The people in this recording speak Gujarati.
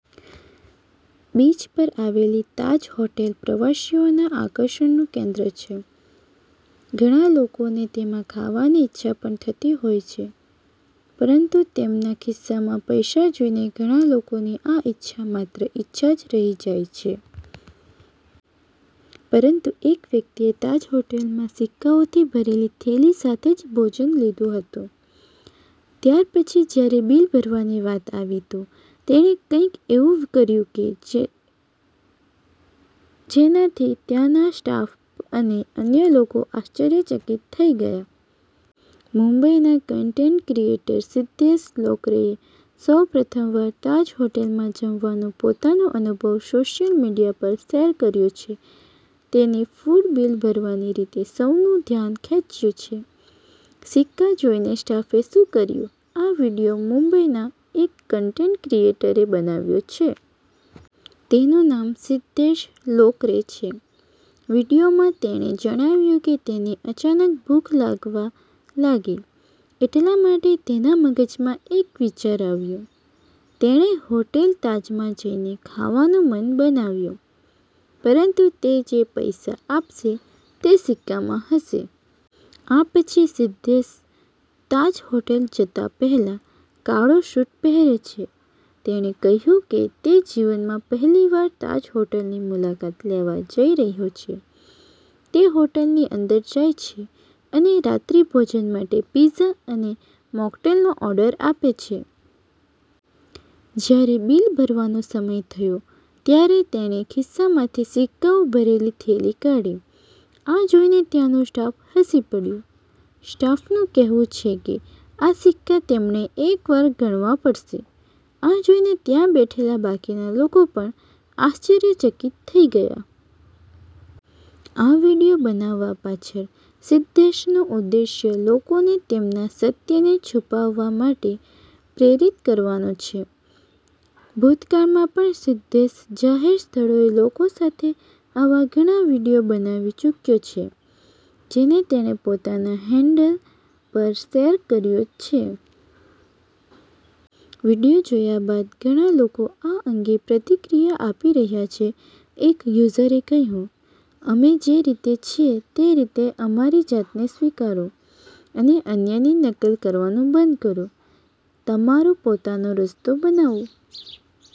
બીચ પર આવેલી તાજ હોટેલ પ્રવાસીઓના આકર્ષણનું કેન્દ્ર છે. ઘણા લોકોને તેમાં ખાવાની ઈચ્છા પણ થતી હોય છે. પરંતુ તેમના ખિસ્સામાં પૈસા જોઈને ઘણા લોકોની આ ઈચ્છા માત્ર ઈચ્છા જ રહી જાય છે. પરંતુ એક વ્યક્તિએ તાજ હોટલમાં સિક્કાઓથી ભરેલી થેલી સાથે જ ભોજન લીધું હતું. ત્યારપછી જ્યારે બિલ ભરવાની વાત આવી તો તેણે કંઈક એવું કર્યું જેનાથી ત્યાંના સ્ટાફ અને અન્ય લોકો આશ્ચર્યચકિત થઈ ગયા. મુંબઈના કન્ટેન્ટ ક્રિએટર સિદ્ધેશ લોકરેએ સૌપ્રથમવાર તાજ હોટેલમાં જમવાનો પોતાનો અનુભવ સોશિયલ મીડિયા પર શેર કર્યો છે. તેની ફૂડ બિલ ભરવાની રીતે સૌનું ધ્યાન ખેંચ્યું છે. સિક્કા જોઈને સ્ટાફે શું કર્યું આ વીડિયો મુંબઈના એક કન્ટેન્ટ ક્રિએટરે બનાવ્યો છે. તેનું નામ સિદ્ધેશ લોકરે છે. વીડિયોમાં તેણે જણાવ્યું કે તેને અચાનક ભૂખ લાગવા લાગી, એટલા માટે તેના મગજમાં એક વિચાર આવ્યો. તેણે હોટેલ તાજમાં જઈને ખાવાનું મન બનાવ્યું. પરંતુ તે જે પૈસા આપશે તે સિક્કામાં હશે. આ પછી, સિદ્ધેશ તાજ હોટલ જતા પહેલા કાળો સૂટ પહેરે છે. તેણે કહ્યું કે તે જીવનમાં પહેલીવાર તાજ હોટલની મુલાકાત લેવા જઈ રહ્યો છે. તે હોટલની અંદર જાય છે અને રાત્રિભોજન માટે પિઝા અને મોકટેલનો ઓર્ડર આપે છે. જ્યારે બિલ ભરવાનો સમય થયો ત્યારે તેણે ખિસ્સામાંથી સિક્કાઓ ભરેલી થેલી કાઢી. આ જોઈને ત્યાંનો સ્ટાફ હસી પડ્યો. સ્ટાફનું કહેવું છે કે આ સિક્કા તેમણે એકવાર ગણવા પડશે. આ જોઈને ત્યાં બેઠેલા બાકીના લોકો પણ આશ્ચર્યચકિત થઈ ગયા. ️ આ વીડિયો બનાવવા પાછળ સિદ્ધેશનો ઉદ્દેશ્ય લોકોને તેમના સત્યને છુપાવવા માટે પ્રેરિત કરવાનો છે. ભૂતકાળમાં પણ સિદ્ધેશ જાહેર સ્થળોએ લોકો સાથે આવા ઘણા વીડિયો બનાવી ચૂક્યો છે, જેને તેણે પોતાના હેન્ડલ પર શેર કર્યો છે. વીડિયો જોયા બાદ ઘણા લોકો આ અંગે પ્રતિક્રિયા આપી રહ્યા છે. એક યુઝરે કહ્યું, 'અમે જે રીતે છીએ તે રીતે અમારી જાતને સ્વીકારો અને અન્યની નકલ કરવાનું બંધ કરો. તમારો પોતાનો રસ્તો બનાવો.'